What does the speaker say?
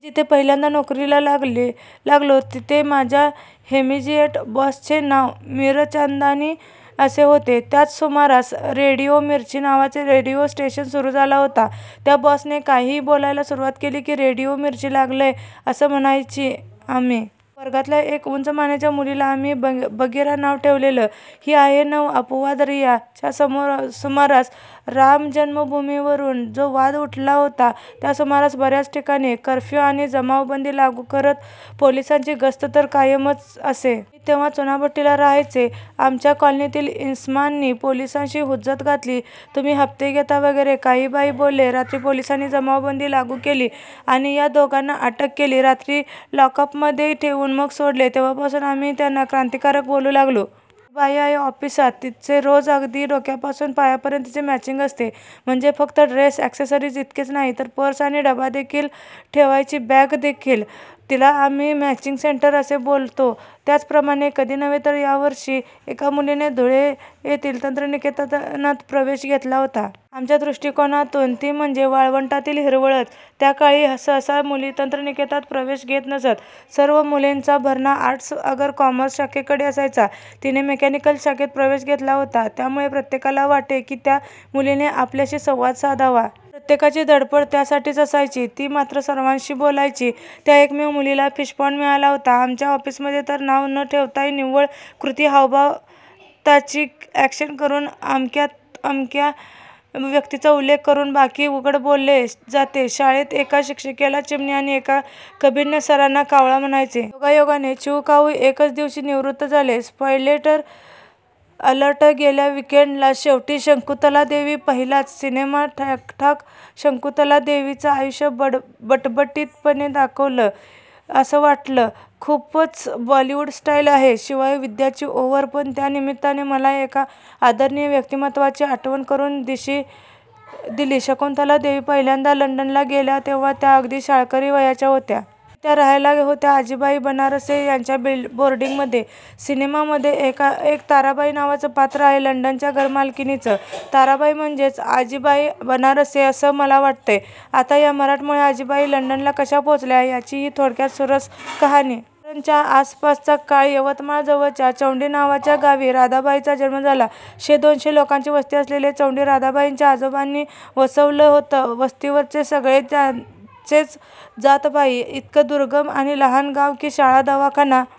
मी जिथे पहिल्यांदा नोकरीला लागलो तिथे माझ्या इमिजियेट बॉसचे नाव मिरचंदानी असे होते. त्याच सुमारास रेडिओ मिर्ची नावाचे रेडीओ स्टेशन सुरू झाला होता. त्या बॉसने काहीही बोलायला सुरवात केली की रेडिओ मिर्ची लागलंय असं आम्ही म्हणायचो. वर्गातल्या एका उंच मानेच्या मुलीला आम्ही बगीरा नाव ठेवलेलं. मी आहे न अपवाद रीया. च्या सुमारास रामजन्मभूमीवरुन जो वाद उठला होता त्या सुमारास बर्याच ठिकाणी कर्फ्यू किंवा जमावबंदी लागू करत. पोलिसांची गस्त तर कायम असे. मी तेव्हा चुनाभट्टीला रहायचे. आमच्या कॉलनीतील इसमांनी पोलिसांशी हुज्ज्त घातली, तुम्ही हप्ते घेता वगैरे काही-बाही बोलले. रात्री पोलिसांनी जमावबंदी लागू केली आणि या दोघाना अटक केली. रात्री लॉकाअपमध्ये ठेवून मग सोडले. तेव्हापासून आम्ही त्यांना क्रांतिकारक बोलू लागलो. एक बाई आहे ऑफिसात तिचे रोज अगदी डोक्यापासून पायापर्यंत मॅचिंग असते. म्हणजे फक्त ड्रेस, अॅक्सेसरीज इतकेच नाही, तर पर्स आणि डबा ठेवायची बॅगही. तिला आम्ही "मॅचिंग सेंटर" असेच बोलतो. त्याचप्रमाणे, कधी नव्हे तर त्यावर्षी, एका मुलीने, धुळे येथील तंत्रनिकेतनात, प्रवेश घेतला होता. आमच्या द्रुष्टिकोनातुन ती म्हणजे ' वाळवंटातील हिरवळच!! ' त्याकाळी सहसा मुली तंत्रनिकेतनात प्रवेश घेत नसत. सर्व मुलींचा भरणा आर्ट्स अगर कॉमर्स शाखेकडे असायचा! तीने मे़कॅनिकल शाखेत प्रवेश घेतला होता. त्यामुळे प्रत्येकाला वाटे की त्या मुलीने आपल्याशी संवाद साधावा. प्रत्येकाची धड्पड त्यासाठीच असायची. ती मात्र सर्वांशी बोलायची. त्या एकमेव मुलीला फिशपाँड मिळाला होता. "आमच्या ऑफिसमधे तर नाव न ठेवताही "निव्वळ कृती"/"हावभाव" ाताची अॅक्शन करुन अमक्यातमक्या व्यक्तीचा उल्लेख करुन बाकी उघड बोलले जातेशाळेत येका शिक्षिकेला "चिमणी" आणि येका कभिन्न सरना कावळा म्हणायचे. योगायोगाने चिवू काऊ येकच दिवशी निवृत्त झाले. स्पॉइलेर अलर्ट गेल्या वीकेंडला शेवटी शकुंतलादेवी पाहिलाच. सिनेमा ठीकठाक. शकुंतलादेवींचं आयुष्य बटबटीतपणे दाखवलंय, असं वाटलं. खूपच बॉलीवूड स्टाईल आहे. शिवाय विद्याची ओव्हर! पण त्या निमित्ताने मला एका आदरणीय व्यक्तिमत्वाची आठवण करून दिलीशकुंतला देवी पहिल्यांदा लंडनला गेल्या तेव्हा त्या अगदी शाळकरी वयाच्या होत्या. त्यावेळी त्या रहायला होत्या आजीबाई बनारसे यांच्या बोर्डिंग मध्ये. सिनेमा मध्ये एक ताराबाई नावाचं पात्र आहे लंडनच्या घर मालकिणीचं. ताराबाई म्हणजेच आजीबाई बनारसे, असं मला वाटतंय. आता या मराठमोळ्या आजीबाई लंडनला कशा पोहचल्या, याची ही थोडक्यात सुरस कहाणी. साधारण च्या आसपासचा काळ. यवतमाळ जवळच्या चौंडी नावाच्या गावी राधाबाईचा जन्म झाला. शे- दोनशे लोकांची वस्ती असलेलं चौंडी राधाबाईंच्या आजोबांनी वसवलं होतं. वस्तीवरचे सगळे त्यांचेच जातभाई. इतकं दुर्गम आणि लहान गाव की शाळा, दवाखाना